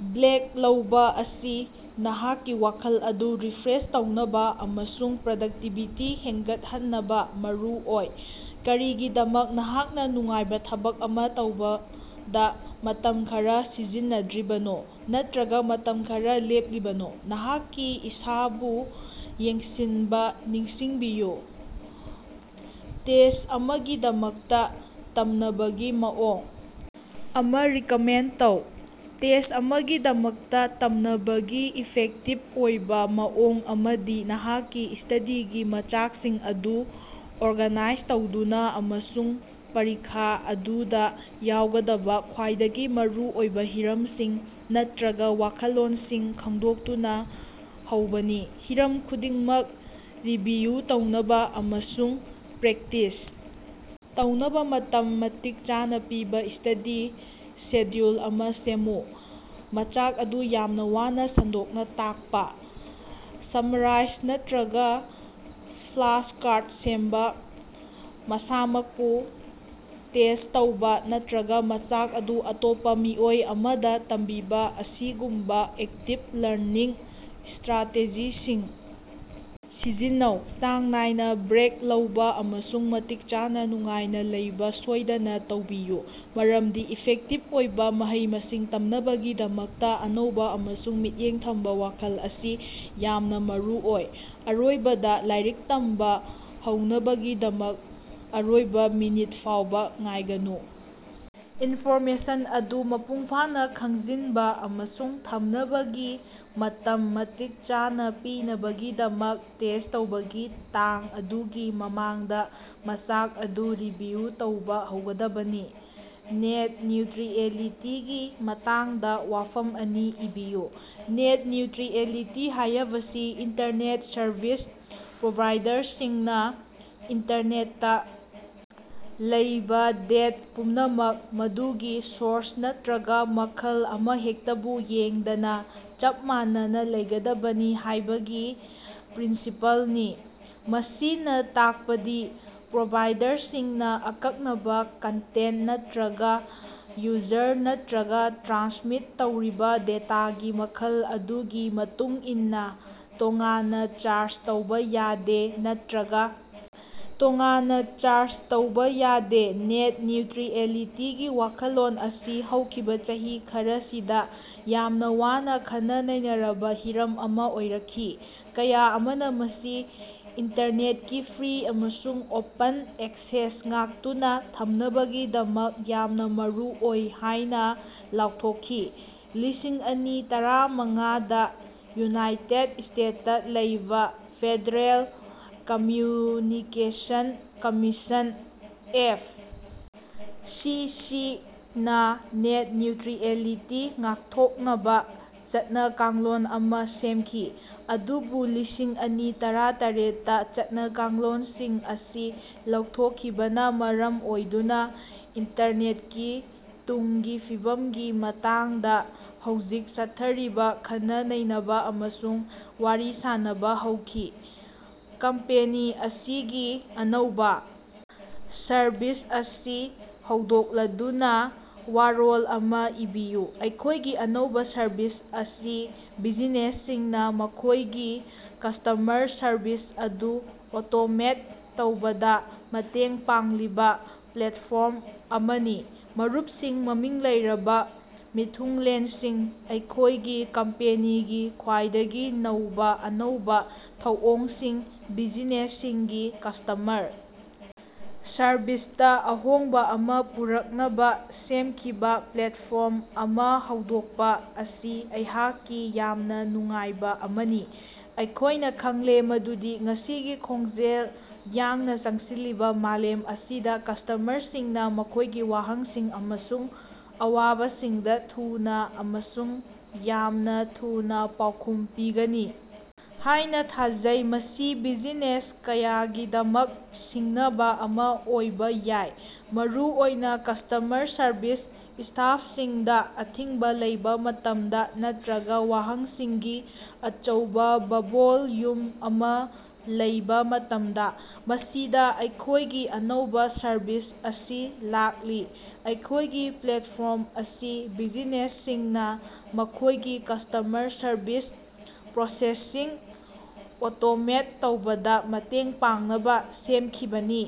Black ꯂꯧꯕꯥ ꯑꯁꯤ ꯅꯍꯥꯛꯀꯤ ꯋꯥꯈꯜ ꯑꯗꯨ ꯔꯤꯐ꯭ꯔꯦꯁ ꯇꯧꯅꯕꯥ ꯑꯃꯁꯨꯡ ꯄ꯭ꯔꯗꯛꯇꯤꯕꯤꯇꯤ ꯍꯦꯟꯒꯠꯍꯟꯅꯕ ꯃꯔꯨꯑꯣꯏ꯫ ꯀꯔꯤꯒꯤꯗꯃꯛ ꯅꯍꯥꯛꯅ ꯅꯨꯡꯉꯥꯏꯕ ꯊꯕꯛ ꯑꯃ ꯇꯧꯕꯗ ꯃꯇꯝ ꯈꯔ ꯁꯤꯖꯤꯟꯅꯗ꯭ꯔꯤꯕꯅꯣ ꯅꯠꯇꯔꯒ ꯃꯇꯝ ꯈꯔ ꯂꯦꯞꯂꯤꯕꯅꯣ? ꯅꯍꯥꯛꯀꯤ ꯏꯁꯥꯕꯨ ꯌꯦꯡꯁꯤꯟꯕ ꯅꯤꯡꯁꯤꯡꯕꯤꯌꯨ! ꯇꯦꯁ꯭ꯠ ꯑꯃꯒꯤꯗꯃꯛꯇ ꯇꯝꯅꯕꯒꯤ ꯃꯑꯣꯡ ꯑꯃꯥ ꯔꯤꯀꯃꯦꯟꯗ ꯇꯧ꯫ ꯇꯦꯁ꯭ꯠ ꯑꯃꯒꯤꯗꯃꯛꯇ ꯇꯝꯅꯕꯒꯤ ꯏꯐꯦꯛꯇꯤꯚ ꯑꯣꯏꯕ ꯃꯑꯣꯡ ꯑꯃꯗꯤ ꯅꯍꯥꯛꯀꯤ ꯁ꯭ꯇꯗꯤꯒꯤ ꯃꯆꯥꯛꯁꯤꯡ ꯑꯗꯨ ꯑꯣꯔꯒꯥꯅꯥꯏꯖ ꯇꯧꯗꯨꯅ ꯑꯃꯁꯨꯡ ꯄꯔꯤꯈꯥ ꯑꯗꯨꯗ ꯌꯥꯎꯒꯗꯕ ꯈ꯭ꯋꯥꯏꯗꯒꯤ ꯃꯔꯨꯑꯣꯏꯕ ꯍꯤꯔꯝꯁꯤꯡ ꯅꯠꯇꯔꯒ ꯋꯥꯈꯜꯂꯣꯟꯁꯤꯡ ꯈꯪꯗꯣꯛꯇꯨꯅ ꯍꯧꯕꯅꯤ꯫ ꯍꯤꯔꯝ ꯈꯨꯗꯤꯡꯃꯛ ꯔꯤꯚꯤꯌꯨ ꯇꯧꯅꯕ ꯑꯃꯁꯨꯡ ꯄ꯭ꯔꯦꯛꯇꯤꯁ ꯇꯧꯅꯕ ꯃꯇꯝ ꯃꯇꯤꯛ ꯆꯥꯅ ꯄꯤꯕ ꯁ꯭ꯇꯗꯤ ꯁꯦꯗ꯭ꯌꯨꯜ ꯑꯃ ꯁꯦꯝꯃꯨ꯫ ꯃꯆꯥꯛ ꯑꯗꯨ ꯌꯥꯝꯅ ꯋꯥꯅ ꯁꯟꯗꯣꯛꯅ ꯇꯥꯛꯄ, ꯁꯝꯃꯔꯥ꯭ꯏꯖ ꯅꯠꯇ꯭ꯔꯒ ꯐ꯭ꯂꯥꯁꯀꯥ꯭ꯔꯗ ꯁꯦꯝꯕ, ꯃꯁꯥꯃꯛꯄꯨ ꯇꯦꯁ꯭ꯠ ꯇꯧꯕꯥ, ꯅꯠꯇꯔꯒ ꯃꯆꯥꯛ ꯑꯗꯨ ꯑꯇꯣꯞꯄ ꯃꯤꯑꯣꯏ ꯑꯃꯗ ꯇꯝꯕꯤꯕ ꯑꯁꯤꯒꯨꯝꯕ ꯑꯦꯛꯇꯤꯕ ꯂꯔꯅꯤꯡ ꯁ꯭ꯇꯔꯥꯇꯦꯖꯤꯁꯤꯡ ꯁꯤꯖꯤꯟꯅꯧ꯫ ꯆꯥꯡ ꯅꯥꯏꯅ ꯕ꯭ꯔꯦꯛ ꯂꯧꯕ ꯑꯃꯁꯨꯡ ꯃꯇꯤꯛ ꯆꯥꯅꯥ ꯅꯨꯡꯉꯥꯏꯅ ꯂꯩꯕ ꯁꯣꯏꯗꯅ ꯇꯧꯕꯤꯌꯨ, ꯃꯔꯝꯗꯤ ꯏꯐꯦꯛꯇꯤꯚ ꯑꯣꯏꯕ ꯃꯍꯩ-ꯃꯁꯤꯡ ꯇꯝꯅꯕꯒꯤꯗꯃꯛꯇ ꯑꯅꯧꯕ ꯑꯃꯁꯨꯡ ꯃꯤꯠꯌꯦꯡ ꯊꯝꯕ ꯋꯥꯈꯜ ꯑꯁꯤ ꯌꯥꯝꯅ ꯃꯔꯨꯑꯣꯏ꯫ ꯑꯔꯣꯏꯕꯗ, ꯂꯥꯏꯔꯤꯛ ꯇꯝꯕ ꯍꯧꯅꯕꯒꯤꯗꯃꯛ ꯑꯔꯣꯏꯕ ꯃꯤꯅꯤꯠ ꯐꯥꯎꯕꯥ ꯉꯥꯏꯒꯅꯨ; ꯏꯅꯐꯣꯔꯃꯦꯁꯟ ꯑꯗꯨ ꯃꯄꯨꯡꯐꯥꯅ ꯈꯪꯖꯤꯟꯕ ꯑꯃꯁꯨꯡ ꯊꯝꯅꯕꯒꯤ ꯃꯇꯝ ꯃꯇꯤꯛ ꯆꯥꯅ ꯄꯤꯅꯕꯒꯤꯗꯃꯛ ꯇꯦꯁ꯭ꯠ ꯇꯧꯕꯒꯤ ꯇꯥꯡ ꯑꯗꯨꯒꯤ ꯃꯃꯥꯡꯗ ꯃꯆꯥꯛ ꯑꯗꯨ ꯔꯤꯚꯤꯌꯨ ꯇꯧꯕ ꯍꯧꯒꯗꯕꯅꯤ꯫ ꯅꯦꯠ ꯅ꯭ꯌꯨꯇꯔꯤꯑꯦꯂꯤꯇꯤꯒꯤ ꯃꯇꯥꯡꯗ ꯋꯥꯐꯝ ꯑꯅꯤ ꯏꯕꯤꯌꯨ꯫ ꯅꯦꯠ ꯅ꯭ꯌꯨꯇꯔꯤꯑꯦꯂꯤꯇꯤ ꯍꯥꯌꯕꯁꯤ ꯏꯟꯇꯔꯅꯦꯠ ꯁꯔꯚꯤꯁ ꯄ꯭ꯔꯣꯚꯥꯏꯗꯔꯁꯤꯡꯅ ꯏꯟꯇꯔꯅꯦꯠꯇ ꯂꯩꯕ ꯗꯦꯇ ꯄꯨꯝꯅꯃꯛ, ꯃꯗꯨꯒꯤ ꯁꯣꯔꯁ ꯅꯠꯇ꯭ꯔꯒ ꯃꯈꯜ ꯑꯃꯍꯦꯛꯇꯕꯨ ꯌꯦꯡꯗꯅ ꯆꯞ ꯃꯥꯟꯅꯅ ꯂꯩꯒꯗꯕꯅꯤ ꯍꯥꯏꯕꯒꯤ ꯄ꯭ꯔꯤꯟꯁꯤꯄꯜꯅꯤ꯫ ꯃꯁꯤꯅ ꯇꯥꯛꯄꯗꯤ ꯄ꯭ꯔꯣꯚꯥꯏꯗꯔꯁꯤꯡꯅ ꯑꯀꯛꯅꯕ ꯀꯟꯇꯦꯟꯠ ꯅꯠꯇꯈꯔꯒꯥ ꯌꯨꯖꯔ ꯅꯠꯇ꯭ꯔꯒ ꯇ꯭ꯔꯥꯟꯁꯃꯤꯠ ꯇꯧꯔꯤꯕ ꯗꯦꯇꯥꯒꯤ ꯃꯈꯜ ꯑꯗꯨꯒꯤ ꯃꯇꯨꯡꯏꯟꯅ ꯇꯣꯉꯥꯟꯅ ꯆꯥ꯭ꯔꯖ ꯇꯧꯕ ꯌꯥꯗꯦ ꯅꯠꯇꯔꯒ ꯇꯣꯉꯥꯟꯅ ꯆꯥ꯭ꯔꯖ ꯇꯧꯕꯥ ꯌꯥꯗꯦ꯫ ꯅꯦꯠ ꯅ꯭ꯌꯨꯇꯔꯤꯑꯦꯂꯤꯇꯤꯒꯤ ꯋꯥꯈꯜꯂꯣꯟ ꯑꯁꯤ ꯍꯧꯈꯤꯕ ꯆꯍꯤ ꯈꯔꯁꯤꯗ ꯌꯥꯝꯅ ꯋꯥꯅꯥ ꯈꯟꯅ-ꯅꯩꯅꯔꯕ ꯍꯤꯔꯝ ꯑꯃ ꯑꯣꯏꯔꯛꯈꯤ, ꯀꯌꯥ ꯑꯃꯅ ꯃꯁꯤ ꯏꯟꯇꯔꯅꯦꯠꯀꯤ ꯐ꯭ꯔꯤ ꯑꯃꯁꯨꯡ ꯑꯣꯄꯟ ꯑꯦꯛꯁꯦꯁ ꯉꯥꯛꯇꯨꯅ ꯊꯝꯅꯕꯒꯤꯗꯃꯛ ꯌꯥꯝꯅ ꯃꯔꯨꯑꯣꯏ ꯍꯥꯏꯅ ꯂꯥꯎꯊꯣꯛꯈꯤ꯫ ꯂꯤꯁꯤꯡ ꯑꯅꯤ ꯇꯔꯥ ꯃꯉꯥꯗꯥ ꯌꯨꯅꯥꯏꯇꯦꯗ ꯁ꯭ꯇꯦꯠꯁꯇ ꯂꯩꯕꯥ ꯐꯦꯗꯔꯦꯜ ꯀꯝꯃ꯭ꯌꯨꯅꯤꯀꯦꯁꯟ ꯀꯝꯃꯤꯁꯟ (ꯑꯦꯐ. ꯁꯤ. ꯁꯤ.)ꯅꯥ ꯅꯦꯠ ꯅ꯭ꯌꯨꯇꯔꯤꯑꯦꯂꯤꯇꯤ ꯉꯥꯛꯊꯣꯛꯅꯕ ꯆꯠꯅ-ꯀꯥꯡꯂꯣꯟ ꯑꯃ ꯁꯦꯝꯈꯤ, ꯑꯗꯨꯕꯨ ꯂꯤꯁꯤꯡ ꯑꯅꯤ ꯇꯔꯥ ꯇꯔꯦꯠ ꯇ ꯆꯠꯅ-ꯀꯥꯡꯂꯣꯅꯁꯤꯡ ꯑꯁꯤ ꯂꯧꯊꯣꯛꯈꯤꯕꯅ ꯃꯔꯝ ꯑꯣꯏꯗꯨꯅ ꯏꯟꯇꯔꯅꯦꯠꯀꯤ ꯇꯨꯡꯒꯤ ꯐꯤꯕꯝꯒꯤ ꯃꯇꯥꯡꯗ ꯍꯧꯖꯤꯛ ꯆꯠꯊꯔꯤꯕ ꯈꯟꯅ-ꯅꯩꯅꯕ ꯑꯃꯁꯨꯡ ꯋꯥꯔꯤ ꯁꯥꯅꯕ ꯍꯧꯈꯤ꯫ ꯀꯝꯄꯦꯅꯤ ꯑꯁꯤꯒꯤ ꯑꯅꯧꯕ ꯁꯔꯕꯤꯁ ꯑꯁꯤ ꯍꯧꯗꯣꯛꯂꯗꯨꯅ ꯋꯥꯔꯣꯜ ꯑꯃꯥ ꯏꯕꯤꯌꯨ꯫ ꯑꯩꯈꯣꯏꯒꯤ ꯑꯅꯧꯕ ꯁꯔꯕꯤꯁ ꯑꯁꯤ ꯕꯤꯖꯤꯅꯦꯁꯁꯤꯡꯅ ꯃꯈꯣꯏꯒꯤ ꯀꯁ꯭ꯇꯃꯔ ꯁꯔꯕꯤꯁ ꯑꯗꯨ ꯑꯣꯇꯣꯃꯦꯠ ꯇꯧꯕꯗ ꯃꯇꯦꯡ ꯄꯥꯡꯂꯤꯕ ꯄ꯭ꯂꯦꯠꯐ꯭ꯣꯔꯝ ꯑꯃꯅꯤ꯫ ꯃꯔꯨꯞꯁꯤꯡ, ꯃꯃꯤꯡ ꯂꯩꯔꯕ ꯃꯤꯊꯨꯡꯂꯦꯟꯁꯤꯡ, ꯑꯩꯈꯣꯏꯒꯤ ꯀꯝꯄꯦꯅꯤꯒꯤ ꯈ꯭ꯋꯥꯏꯗꯒꯤ ꯅꯧꯕ ꯑꯅꯧꯕ ꯊꯧꯑꯣꯡꯁꯤꯡ- ꯕꯤꯖꯤꯅꯦꯁꯁꯤꯡꯒꯤ ꯀ꯭ꯁꯇꯃꯔ ꯁꯔꯕꯤꯁꯇ ꯑꯍꯣꯡꯕ ꯑꯃ ꯄꯨꯔꯛꯅꯕ ꯁꯦꯝꯈꯤꯕ ꯄ꯭ꯂꯦꯠꯐ꯭ꯣꯔꯝ ꯑꯃ ꯍꯧꯗꯣꯛꯄ ꯑꯁꯤ ꯑꯩꯍꯥꯛꯀꯤ ꯌꯥꯝꯅ ꯅꯨꯡꯉꯥꯏꯕ ꯑꯃꯅꯤ꯫ ꯑꯩꯈꯣꯏꯅꯥ ꯈꯪꯂꯦ ꯃꯗꯨꯗꯤ ꯉꯁꯤꯒꯤ ꯈꯣꯡꯖꯦꯜ ꯌꯥꯡꯅ ꯆꯪꯁꯤꯜꯂꯤꯕ ꯃꯥꯂꯦꯝ ꯑꯁꯤꯗ ꯀ꯭ꯁꯇꯃꯔꯁꯤꯡꯅ ꯃꯈꯣꯏꯒꯤ ꯋꯥꯍꯪꯁꯤꯡ ꯑꯃꯁꯨꯡ ꯑꯋꯥꯕꯁꯤꯡꯗ ꯊꯨꯅꯥ ꯑꯃꯁꯨꯡ ꯌꯥꯝꯅ ꯊꯨꯅ ꯄꯥꯎꯈꯨꯝ ꯄꯤꯒꯅꯤ ꯍꯥꯏꯅ ꯊꯥꯖꯩ꯫ ꯃꯁꯤ ꯕꯤꯖꯤꯅꯦꯁ ꯀꯌꯥꯒꯤꯗꯃꯛ ꯁꯤꯡꯅꯕ ꯑꯃ ꯑꯣꯏꯕ ꯌꯥꯏ, ꯃꯔꯨꯑꯣꯏꯅ ꯀ꯭ꯁꯇꯃꯔ ꯁꯔꯕꯤꯁ ꯁ꯭ꯇꯥꯐꯁꯤꯡꯗ ꯑꯊꯤꯡꯕ ꯂꯩꯕ ꯃꯇꯝꯗ ꯅꯠꯇ꯭ꯔꯒ ꯋꯥꯍꯪꯁꯤꯡꯒꯤ ꯑꯆꯧꯕꯕꯚꯣꯜꯌꯨꯝ ꯑꯃ ꯂꯩꯕ ꯃꯇꯃꯗ꯫ ꯃꯁꯤꯗꯥ ꯑꯩꯈꯣꯏꯒꯤ ꯑꯅꯧꯕ ꯁꯔꯕꯤꯁ ꯑꯁꯤ ꯂꯥꯛꯂꯤ, ꯑꯩꯈꯣꯏꯒꯤ ꯄ꯭ꯂꯦꯠꯐ꯭ꯣꯔꯝ ꯑꯁꯤ ꯕꯤꯖꯤꯅꯦꯁꯁꯤꯡꯅ ꯃꯈꯣꯏꯒꯤ ꯀ꯭ꯁꯇꯃꯔ ꯁꯔꯕꯤꯁ ꯄ꯭ꯔꯣꯁꯦꯁꯁꯤꯡ ꯑꯣꯇꯣꯃꯦꯠ ꯇꯧꯕꯗ ꯃꯇꯦꯡ ꯄꯥꯡꯅꯕ ꯁꯦꯃꯈꯤꯕꯅꯤ꯫